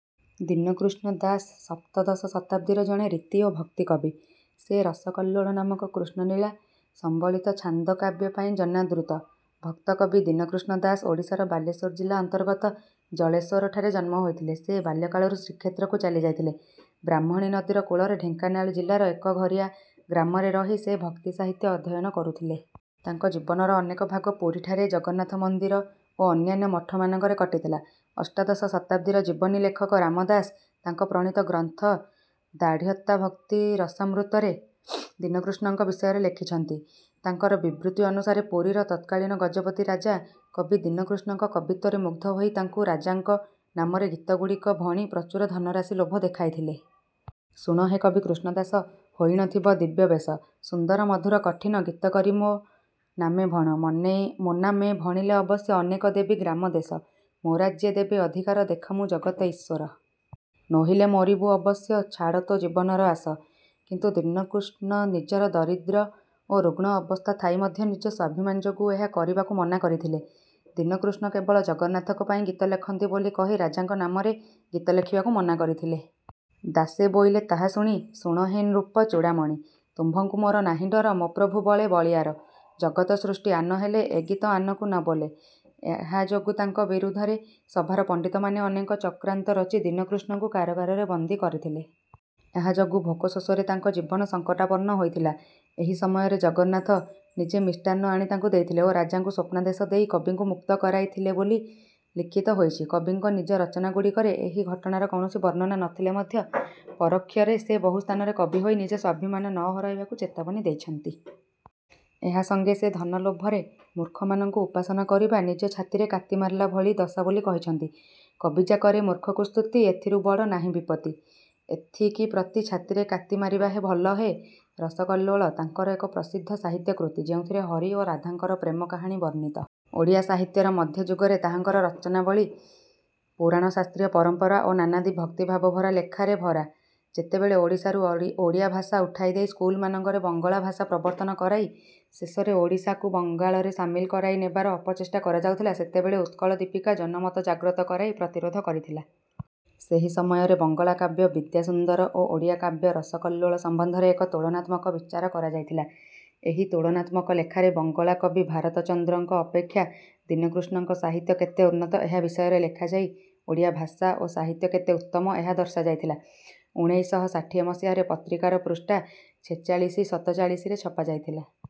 ଦୀନକୃଷ୍ଣ ଦାସ ସପ୍ତଦଶ ଶତାବ୍ଦୀର ଜଣେ ରୀତି ଓ ଭକ୍ତି କବି। ସେ ରସକଲ୍ଲୋଳ ନାମକ କୃଷ୍ଣଲୀଳା ସମ୍ବଳିତ ଛାନ୍ଦକାବ୍ୟ ପାଇଁ ଜନାଦୃତ। ଭକ୍ତକବି ଦୀନକୃଷ୍ଣ ଦାସ ଓଡ଼ିଶାର ବାଲେଶ୍ୱର ଜିଲ୍ଲା ଅନ୍ତର୍ଗତ ଜଳେଶ୍ୱରଠାରେ ଜନ୍ମ ହୋଇଥିଲେ। ସେ ବାଲ୍ୟକାଳରୁ ଶ୍ରୀକ୍ଷେତ୍ରକୁ ଚାଲିଯାଇଥିଲେ। ବ୍ରାହ୍ମଣୀ ନଦୀର କୂଳରେ ଢେଙ୍କାନାଳ ଜିଲ୍ଲାର ଏକଘରିଆ ଗ୍ରାମରେ ରହି ସେ ଭକ୍ତିସାହିତ୍ୟ ଅଧ୍ୟୟନ କରୁଥିଲେ। ତାଙ୍କ ଜୀବନର ଅନେକ ଭାଗ ପୁରୀଠାରେ ଜଗନ୍ନାଥ ମନ୍ଦିର ଓ ଅନ୍ୟାନ୍ୟ ମଠମାନଙ୍କରେ କଟିଥିଲା। ଅଷ୍ଟାଦଶ ଶତାବ୍ଦୀର ଜୀବନୀ ଲେଖକ ରାମଦାସ ତାଙ୍କ ପ୍ରଣୀତ ଗ୍ରନ୍ଥ ଦାର୍ଢ଼୍ୟତାଭକ୍ତି ରସାମୃତରେ ଦୀନକୃଷ୍ଣଙ୍କ ବିଷୟରେ ଲେଖିଛନ୍ତି। ତାଙ୍କର ବିବୃତି ଅନୁସାରେ ପୁରୀର ତତ୍କାଳୀନ ଗଜପତି ରାଜା କବି ଦୀନକୃଷ୍ଣଙ୍କ କବିତ୍ୱରେ ମୁଗ୍ଧ ହୋଇ ତାଙ୍କୁ ରାଜାଙ୍କ ନାମରେ ଗୀତଗୁଡ଼ିକ ଭଣି ପ୍ରଚୁର ଧନରାଶି ଲୋଭ ଦେଖାଇଥିଲେ। ଶୁଣ ହେ କବି କୃଷ୍ଣ ଦାସ। ହୋଇଣ ଥିବ ଦିବ୍ୟ ବେଶ। ସୁନ୍ଦର ମଧୁର କଠିନ। ଗୀତ କରି ମୋ ନାମେ ଭଣ। ମନେଇ ମୋ ନାମେ ଭଣିଲେ ଅବଶ୍ୟ। ଅନେକ ଦେବି ଗ୍ରାମ ଦେଶ। ମୋ ରାଜ୍ୟେ ଦେବି ଅଧିକାର। ଦେଖ ମୁଁ ଜଗତ ଈଶ୍ୱର। ନୋହିଲେ ମରିବୁ ଅବଶ୍ୟ। ଛାଡ଼ ତୋ ଜୀବନର ଆଶ। କିନ୍ତୁ ଦୀନକୃଷ୍ଣ ନିଜର ଦରିଦ୍ର ଓ ରୁଗ୍ଣ ଅବସ୍ଥା ଥାଇ ମଧ୍ୟ ନିଜ ସ୍ୱାଭିମାନ ଯୋଗୁଁ ଏହା କରିବାକୁ ମନା କରିଥିଲେ। ଦୀନକୃଷ୍ଣ କେବଳ ଜଗନ୍ନାଥଙ୍କ ପାଇଁ ଗୀତ ଲେଖନ୍ତି ବୋଲି କହି ରାଜାଙ୍କ ନାମରେ ଗୀତ ଲେଖିବାକୁ ମନା କରିଥିଲେ। ଦାସେ ବୋଇଲେ ତାହା ଶୁଣି। ଶୁଣ ହେ ନୃପଚୂଡ଼ାମଣି। ତୁମ୍ଭଙ୍କୁ ମୋର ନାହିଁ ଡର। ମୋ ପ୍ରଭୁ ବଳେ ବଳୀୟାର। ଜଗତ ସୃଷ୍ଟି ଆନ ହେଲେ। ଏ ଗୀତ ଆନକୁ ନ ବୋଲେ। ଏହା ଯୋଗୁଁ ତାଙ୍କ ବିରୁଦ୍ଧରେ ସଭାର ପଣ୍ଡିତମାନେ ଅନେକ ଚକ୍ରାନ୍ତ ରଚି ଦୀନକୃଷ୍ଣଙ୍କୁ କାରାଗାରରେ ବନ୍ଦୀ କରାଇଥିଲେ। ଏହା ଯୋଗୁଁ ଭୋକଶୋଷରେ ତାଙ୍କ ଜୀବନ ସଙ୍କଟାପନ୍ନ ହୋଇଥିଲା। ଏହି ସମୟରେ ଜଗନ୍ନାଥ ନିଜେ ମିଷ୍ଟାନ୍ନ ଆଣି ତାଙ୍କୁ ଦେଇଥିଲେ ଓ ରାଜାଙ୍କୁ ସ୍ୱପ୍ନାଦେଶ ଦେଇ କବିଙ୍କୁ ମୁକ୍ତ କରାଇଥିଲେ ବୋଲି ଲିଖିତ ହୋଇଛି। କବିଙ୍କ ନିଜ ରଚନାଗୁଡ଼ିକରେ ଏହି ଘଟଣାର କୌଣସି ବର୍ଣ୍ଣନା ନଥିଲେ ମଧ୍ୟ ପରୋକ୍ଷରେ ସେ ବହୁ ସ୍ଥାନରେ କବି ହୋଇ ନିଜ ସ୍ୱାଭିମାନ ନ ହରାଇବାକୁ ଚେତାବନୀ ଦେଇଛନ୍ତି। ଏହା ସଙ୍ଗେ ସେ ଧନ ଲୋଭରେ ମୂର୍ଖମାନଙ୍କୁ ଉପାସନା କରିବା ନିଜ ଛାତିରେ କାତି ମାରିଲା ଭଳି ଦଶା ବୋଲି କହିଛନ୍ତି। କବି ଯା କରେ ମୂର୍ଖକୁ ସ୍ତୁତି। ଏଥିରୁ ବଡ଼ ନାହିଁ ବିପତ୍ତି। ଏଥିକି ପ୍ରତି ଛାତିରେ କାତି ମାରିବା ଭଲ ହେ। ରସକଲ୍ଲୋଳ ତାଙ୍କର ଏକ ପ୍ରସିଦ୍ଧ ସାହିତ୍ୟ କୃତି ଯେଉଁଥିରେ ହରି ଓ ରାଧାଙ୍କର ପ୍ରେମ କାହାଣୀ ବର୍ଣ୍ଣିତ। ଓଡ଼ିଆ ସାହିତ୍ୟର ମଧ୍ୟଯୁଗରେ ତାହାଙ୍କର ରଚନାବଳୀ ପୁରାଣ ଶାସ୍ତ୍ରୀୟ ପରମ୍ପରା ଓ ନାନାଦି ଭକ୍ତି ଭାବ ଭରା ଲେଖାରେ ଭରା। ଯେତେବେଳେ ଓଡ଼ିଶାରୁ ଅଡି ଓଡ଼ିଆ ଭାଷା ଉଠାଇ ଦେଇ ସ୍କୁଲମାନଙ୍କରେ ବଙ୍ଗଳା ଭାଷା ପ୍ରବର୍ତ୍ତନ କରାଇ ଶେଷରେ ଓଡ଼ିଶାକୁ ବଙ୍ଗାଳରେ ସାମିଲ କରାଇ ନେବାର ଅପଚେଷ୍ଟା କରାଯାଉଥିଲା ସେତେବେଳେ ଉତ୍କଳ ଦୀପିକା ଜନମତ ଜାଗ୍ରତ କରାଇ ପ୍ରତିରୋଧ କରିଥିଲା। ସେହି ସମୟରେ ବଙ୍ଗଳା କାବ୍ୟ ବିଦ୍ୟାସୁନ୍ଦର ଓ ଓଡ଼ିଆ କାବ୍ୟ ରସକଲ୍ଲୋଳ ସମ୍ବନ୍ଧରେ ଏକ ତୁଳନାତ୍ମକ ବିଚାର କରାଯାଇଥିଲା। ଏହି ତୁଳନାତ୍ମକ ଲେଖାରେ ବଙ୍ଗଳା କବି ଭାରତଚନ୍ଦ୍ରଙ୍କ ଅପେକ୍ଷା ଦୀନକୃଷ୍ଣଙ୍କ ସାହିତ୍ୟ କେତେ ଉନ୍ନତ ଏହା ବିଷୟରେ ଲେଖାଯାଇ ଓଡ଼ିଆ ଭାଷା ଓ ସାହିତ୍ୟ କେତେ ଉତ୍ତମ ଏହା ଦର୍ଶାଯାଇଥିଲା। ଉଣେଇଶ ଶହ ଷାଠିଏ ମସିହାରେ ପତ୍ରିକାର ପୃଷ୍ଠା ଛେଚାଳିଶି-ସତଚାଳିଶିରେ ଛପାଯାଇଥିଲା।